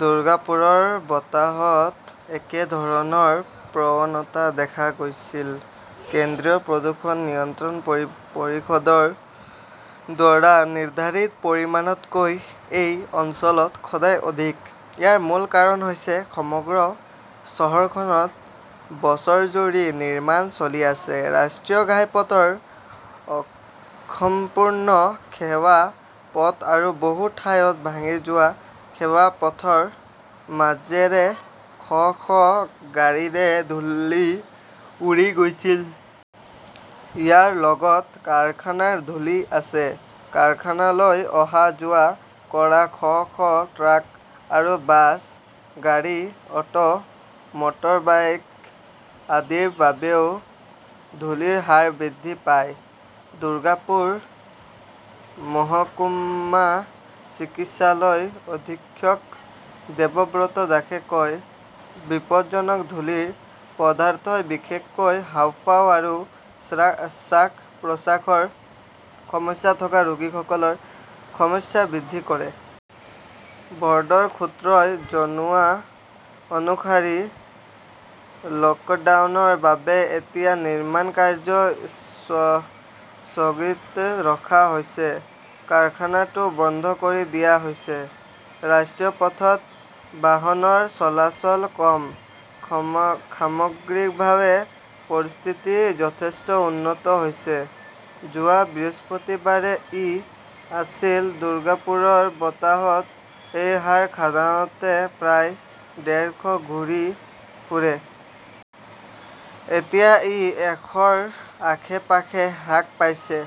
দুৰ্গাপুৰৰ বতাহত একে ধৰণৰ প্ৰৱণতা দেখা গৈছিল। কেন্দ্ৰীয় প্ৰদূষণ নিয়ন্ত্ৰণ পৰিষদৰ দ্বাৰা নিৰ্ধাৰিত পৰিমাণতকৈ এই অঞ্চলত সদায় অধিক, ইয়াৰ মূল কাৰণ হৈছে সমগ্ৰ চহৰখনত বছৰজুৰি নিৰ্মাণ চলি আছে। ৰাষ্ট্ৰীয় ঘাইপথৰ 'অসম্পূৰ্ণ' সেৱা পথ আৰু বহু ঠাইত ভাঙি যোৱা সেৱা পথৰ মাজেৰে শ শ গাড়ীৰে ধূলি উৰি গৈছিল। ইয়াৰ লগত কাৰখানাৰ ধূলি আছে। কাৰখানালৈ অহা-যোৱা কৰা শ শ ট্ৰাক আৰু বাছ, গাড়ী, অটো, মটৰবাইক আদিৰ বাবেও ধূলিৰ হাৰ বৃদ্ধি পায়। দুৰ্গাপুৰ মহকুমা চিকিৎসালয়ৰ অধীক্ষক দেবব্ৰত দাসে কয়, বিপদজনক ধূলিৰ পদাৰ্থই বিশেষকৈ হাঁওফাঁও আৰু শ্বাস-প্ৰশ্বাসৰ সমস্যা থকা ৰোগীসকলৰ সমস্যা বৃদ্ধি কৰে। বৰ্ডৰ সূত্ৰই জনোৱা অনুসৰি লকডাউনৰ বাবে এতিয়া নিৰ্মাণ কাৰ্য স্থগিত ৰখা হৈছে। কাৰখানাটো বন্ধ কৰি দিয়া হৈছে। ৰাষ্ট্ৰীয় পথত বাহনৰ চলাচল কম। সামগ্ৰিকভাৱে, পৰিস্থিতি যথেষ্ট উন্নত হৈছে। যোৱা বৃহস্পতিবাৰে ই আছিল। দুৰ্গাপুৰৰ বতাহত এই হাৰ সাধাৰণতে প্ৰায় ডেৰ শ ঘূৰি ফুৰে। এতিয়া ই এশৰ আশে-পাশে হ্ৰাস পাইছে।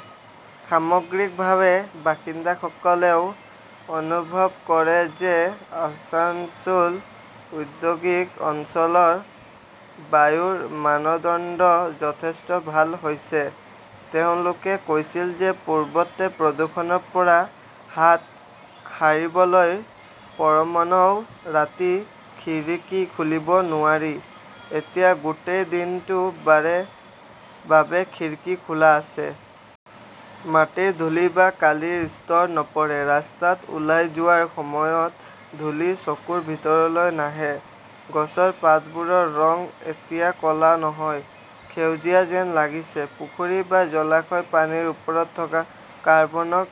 সামগ্ৰিকভাৱে, বাসিন্দাসকলেও অনুভৱ কৰে যে আছানছোল ঔদ্যোগিক অঞ্চলৰ বায়ুৰ মানদণ্ড যথেষ্ট ভাল হৈছে। তেওঁলোকে কৈছিল যে পূৰ্বতে প্ৰদূষণৰ পৰা হাত সাৰিবলৈ গৰমতও ৰাতি খিৰিকী খুলিব নোৱাৰি। এতিয়া গোটেই দিনটোৰ বাবে খিৰিকী খোলা আছে। মাটিত ধূলি বা কালিৰ স্তৰ নপৰে। ৰাস্তাত ওলাই যোৱাৰ সময়ত ধূলি চকুৰ ভিতৰলৈ নাহে। গছৰ পাতবোৰৰ ৰং এতিয়া ক 'লা নহয়, সেউজীয়া যেন লাগিছে। পুখুৰী বা জলাশয়ৰ পানীৰ ওপৰত থকা কাৰ্বনৰ ক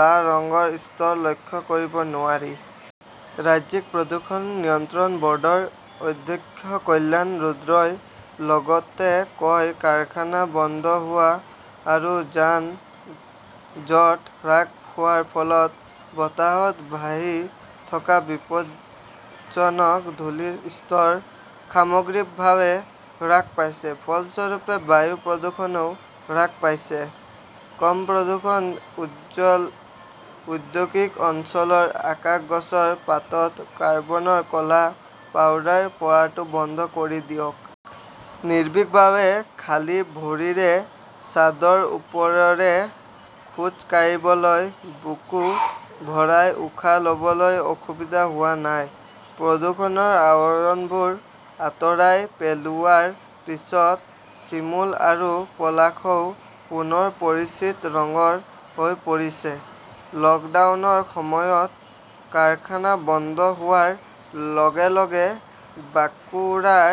'লা ৰঙৰ স্তৰ লক্ষ্য কৰিব নোৱাৰি। ৰাজ্যিক প্ৰদূষণ নিয়ন্ত্ৰণ বৰ্ডৰ অধ্যক্ষ কল্যাণ ৰুদ্ৰই লগতে কয়, কাৰখানা বন্ধ হোৱা আৰু যান-জঁট হ্ৰাস হোৱাৰ ফলত বতাহত ভাহি থকা বিপদজনক ধূলিৰ স্তৰ সামগ্ৰিকভাৱে হ্ৰাস পাইছে। ফলস্বৰূপে, বায়ু প্ৰদূষণও হ্ৰাস পাইছে। কম প্ৰদূষণ, উজ্জ্বল ঔদ্যোগিক অঞ্চলৰ আকাশ গছৰ পাতত কৰ্বনৰ ক 'লা পাউডাৰ পৰাটো বন্ধ কৰি দিয়ক। নিৰ্ভীকভাৱে খালী ভৰিৰে ছাদৰ ওপৰেৰে খোজ কাঢ়িবলৈ। বুকু ভৰাই উশাহ লবলৈ অসুবিধা হোৱা নাই। প্ৰদূষণৰ আৱৰণবোৰ আঁতৰাই পেলোৱাৰ পিছত চিমুল আৰু পলাশও পুনৰ পৰিচিত ৰঙৰ হৈ পৰিছে। লকডাউনৰ সময়ত কাৰখানা বন্ধ হোৱাৰ লগে লগে বাঁকুৰাৰ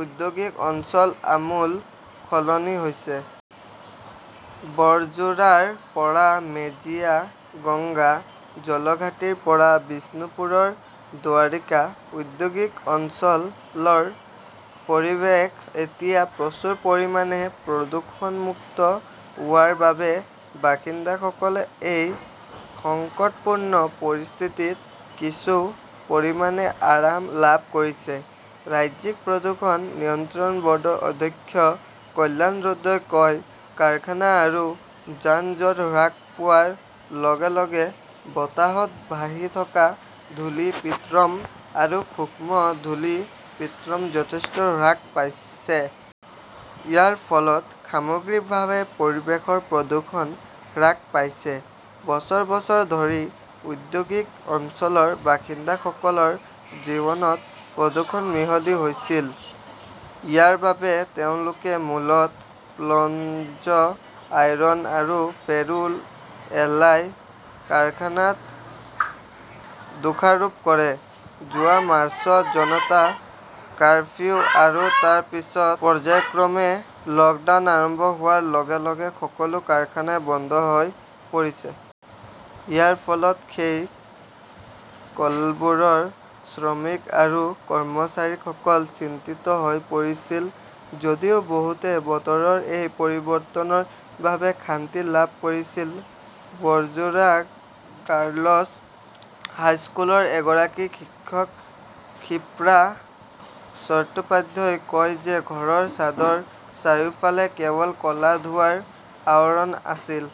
ঔদ্যোগিক অঞ্চল আমূল সলনি হৈছে। বৰজোৰাৰ পৰা মেজিয়া, গংগা জলঘাটিৰ পৰা বিষ্ণুপুৰৰ দ্বাৰিকা ঔদ্যোগিক অঞ্চলৰ পৰিৱেশ এতিয়া প্ৰচুৰ পৰিমাণে প্ৰদূষণমুক্ত হোৱাৰ বাবে বাসিন্দাসকলে এই সংকটপূৰ্ণ পৰিস্থিতিত কিছু পৰিমাণে আৰাম লাভ কৰিছে। ৰাজ্যিক প্ৰদূষণ নিয়ন্ত্ৰণ বৰ্ডৰ অধ্যক্ষ কল্যাণ ৰুদ্ৰই কয়, কাৰখানা আৰু যান-জঁট হ্ৰাস পোৱাৰ লগে লগে বতাহত ভাহি থকা ধূলি পিএম আৰু সূক্ষ্ম ধূলি পিএম যথেষ্ট হ্ৰাস পাইছে। ইয়াৰ ফলত সামগ্ৰিকভাৱে পৰিৱেশৰ প্ৰদূষণ হ্ৰাস পাইছে। বছৰ-বছৰ ধৰি ঔদ্যোগিক অঞ্চলৰ বাসিন্দাসকলৰ জীৱনত প্ৰদূষণ মিহলি হৈছিল। ইয়াৰ বাবে তেওঁলোকে মূলতঃ স্পঞ্জ আইৰণ আৰু ফেৰো এলয় কাৰখানাক দোষাৰোপ কৰে। যোৱা মাৰ্চত জনতা কাৰফিউ আৰু তাৰ পিছত পৰ্য্যায়ক্ৰমে 'লকডাউন আৰম্ভ হোৱাৰ লগে-লগে সকলো কাৰখানাই বন্ধ হৈ পৰিছে। ইয়াৰ ফলত সেই কলবোৰৰ শ্ৰমিক আৰু কৰ্মচাৰীসকল চিন্তিত হৈ পৰিছিল যদিও বহুতে বতৰৰ এই পৰিৱৰ্তনৰ বাবে শান্তি লাভ কৰিছিল। বৰজোৰা গাৰ্লছ হাইস্কুলৰ এগৰাকী শিক্ষক শিপ্ৰা চট্টোপাধ্যায়ই কয় যে ঘৰৰ ছাদৰ চাৰিওফালে কেৱল ক 'লা ধোঁৱাৰ আৱৰণ আছিল।